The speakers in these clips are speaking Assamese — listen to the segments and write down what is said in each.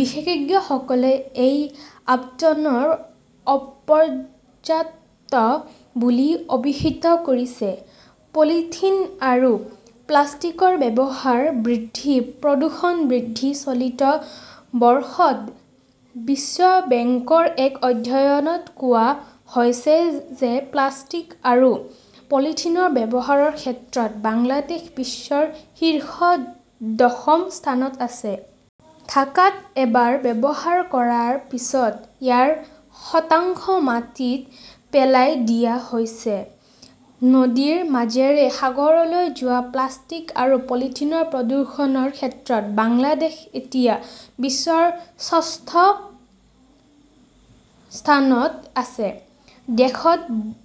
বিশেষজ্ঞসকলে এই আবণ্টনক অপৰ্যাপ্ত বুলি অভিহিত কৰিছে। পলিথিন আৰু প্লাষ্টিকৰ ব্যৱহাৰ বৃদ্ধি, প্ৰদূষণ বৃদ্ধিঃ চলিত বৰ্ষত বিশ্ব বেংকৰ এক অধ্যয়নত কোৱা হৈছে যে প্লাষ্টিক আৰু পলিথিনৰ ব্যৱহাৰৰ ক্ষেত্ৰত বাংলাদেশ বিশ্বৰ শীৰ্ষ দশম স্থানত আছে। ঢাকাত এবাৰ ব্যৱহাৰ কৰাৰ পিছত ইয়াৰ শতাংশ মাটিত পেলাই দিয়া হৈছে। নদীৰ মাজেৰে সাগৰলৈ যোৱা প্লাষ্টিক আৰু পলিথিনৰ প্ৰদূষণৰ ক্ষেত্ৰত বাংলাদেশ এতিয়া বিশ্বৰ ষষ্ঠ স্থানত আছে। দেশত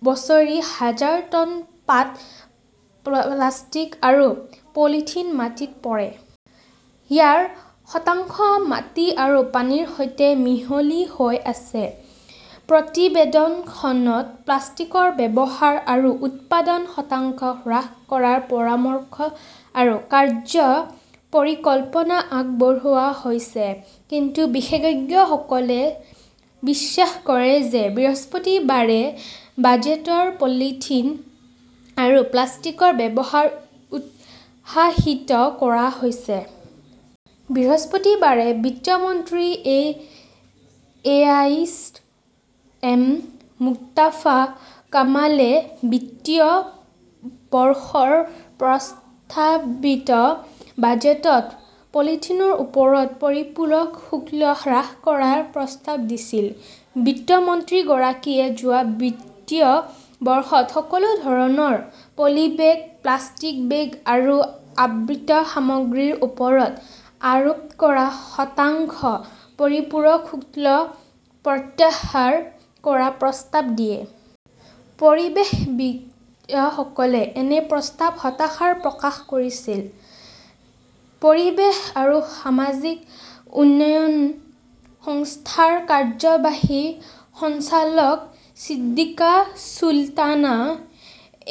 বছৰি হাজাৰ টন পাতল প্লাষ্টিক আৰু পলিথিন মাটিত পৰে। ইয়াৰ শতাংশ মাটি আৰু পানীৰ সৈতে মিহলি হৈ আছে। প্ৰতিবেদনখনত প্লাষ্টিকৰ ব্যৱহাৰ আৰু উৎপাদন শতাংশ হ্ৰাস কৰাৰ পৰামৰ্শ আৰু কাৰ্য্য পৰিকল্পনা আগবঢ়োৱা হৈছে। কিন্তু বিশেষজ্ঞসকলে বিশ্বাস কৰে যে বৃহস্পতিবাৰে বাজেটত পলিথিন আৰু প্লাষ্টিকৰ ব্যৱহাৰক উৎসাহিত কৰা হৈছে। বৃহস্পতিবাৰে বিত্ত মন্ত্ৰী এ এইচ এম মুস্তাফা কামালে বিত্তীয় বৰ্ষৰ প্ৰস্তাৱিত বাজেটত পলিথিনৰ ওপৰত পৰিপূৰক শুল্ক হ্ৰাস কৰাৰ প্ৰস্তাৱ দিছিল। বিত্ত মন্ত্ৰীগৰাকীয়ে যোৱা বিত্তীয় বৰ্ষত সকলো ধৰণৰ পলিবেগ, প্লাষ্টিক বেগ আৰু আবৃত সামগ্ৰীৰ ওপৰত আৰোপ কৰা শতাংশ পৰিপূৰক শুল্ক প্ৰত্যাহাৰ কৰাৰ প্ৰস্তাৱ দিছে। পৰিৱেশবিদসকলে এনে প্ৰস্তাৱত হতাশা প্ৰকাশ কৰিছে। পৰিৱেশ আৰু সামাজিক উন্নয়ন সংস্থাৰ কাৰ্যবাহী সঞ্চালক ছিদ্দিকা চুলতানে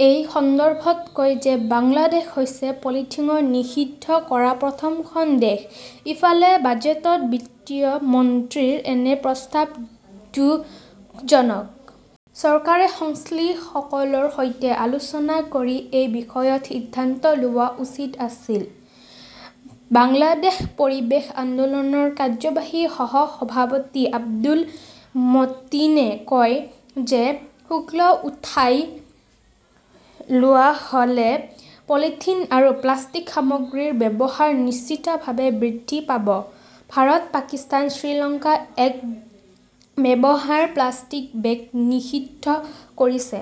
এই সন্দৰ্ভত কয় যে বাংলাদেশ হৈছে পলিথিন নিষিদ্ধ কৰা প্ৰথমখন দেশ। ইফালে, বাজেটত বিত্ত মন্ত্ৰীৰ এনে প্ৰস্তাৱ দুখজনক। চৰকাৰে সংশ্লিষ্টসকলৰ সৈতে আলোচনা কৰি এই বিষয়ত সিদ্ধান্ত লোৱা উচিত আছিল। বাংলাদেশ পৰিৱেশ আন্দোলনৰ কাৰ্যবাহী সহ-সভাপতি আব্দুল মতিনে কয় যে শুল্ক উঠাই লোৱা হ’লে পলিথিন আৰু প্লাষ্টিক সামগ্ৰীৰ ব্যৱহাৰ নিশ্চিতভাৱে বৃদ্ধি পাব। ভাৰত, পাকিস্তান, শ্ৰীলংকাই একক ব্যৱহাৰৰ প্লাষ্টিকৰ বেগ নিষিদ্ধ কৰিছে।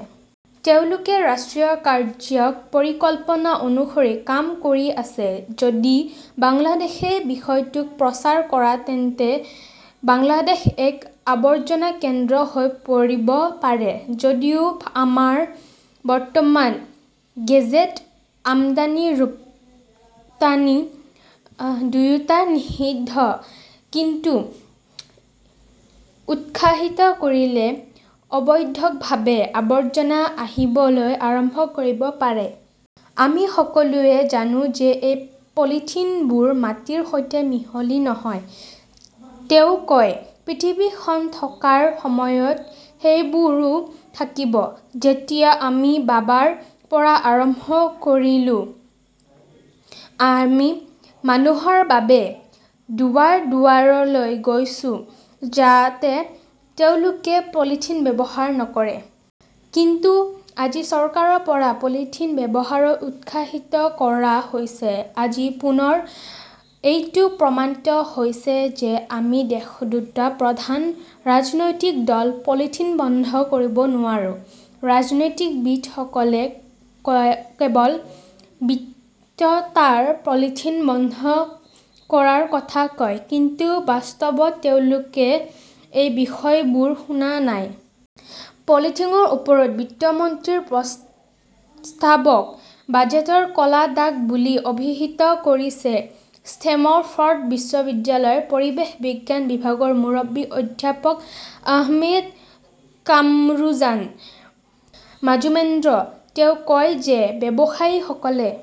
তেওঁলোকে ৰাষ্ট্ৰীয় কাৰ্য্য পৰিকল্পনা অনুসৰি কাম কৰি আছে। যদি বাংলাদেশই বিষয়টোৰ প্ৰচাৰ কৰে তেন্তে বাংলাদেশ এক আৱৰ্জনা কেন্দ্ৰ হৈ পৰিব পাৰে। যদিও আমাৰ বৰ্তমানৰ গেজেটত আমদানি-ৰপ্তানি দুয়োটাই নিষিদ্ধ। কিন্তু উৎসাহিত কৰিলে অবৈধভাৱে আৱৰ্জনা আহিবলৈ আৰম্ভ কৰিব পাৰে। আমি সকলোৱে জানো যে এই পলিথিনবোৰ মাটিৰ সৈতে মিহলি নহয়, তেওঁ কয়। পৃথিৱীখন থকাৰ সময়ত সেইবোৰো থাকিব। যেতিয়া আমি বাবাৰ পৰা আৰম্ভ কৰিলো, আমি মানুহৰ বাবে দুৱাৰ-দুৱাৰলৈ গৈছিলো যাতে তেওঁলোকে পলিথিন ব্যৱহাৰ নকৰে। কিন্তু আজি চৰকাৰৰ পৰা পলিথিন ব্যৱহাৰক উৎসাহিত কৰা হৈছে। আজি পুনৰ এইটো প্ৰমাণিত হৈছে যে আমাৰ দেশৰ দুটা প্ৰধান ৰাজনৈতিক দলে পলিথিন বন্ধ কৰিব নোৱাৰে। ৰাজনীতিবিদসকলে কেৱল বক্তৃতাত পলিথিন বন্ধ কৰাৰ কথা কয়, কিন্তু বাস্তৱত তেওঁলোকে এই বিষয়বোৰ শুনা নাই। পলিথিনৰ ওপৰত বিত্ত মন্ত্ৰীৰ প্ৰস্তাৱক বাজেটত ক’লা দাগ বুলি অভিহিত কৰিছে ষ্টেমফৰ্ড বিশ্ববিদ্যালয়ৰ পৰিৱেশ বিজ্ঞান বিভাগৰ মুৰব্বী অধ্যাপক আহমেদ কামৰুজান মাজমুদ্ৰে। তেওঁ কয় যে ব্যৱসায়ীসকলে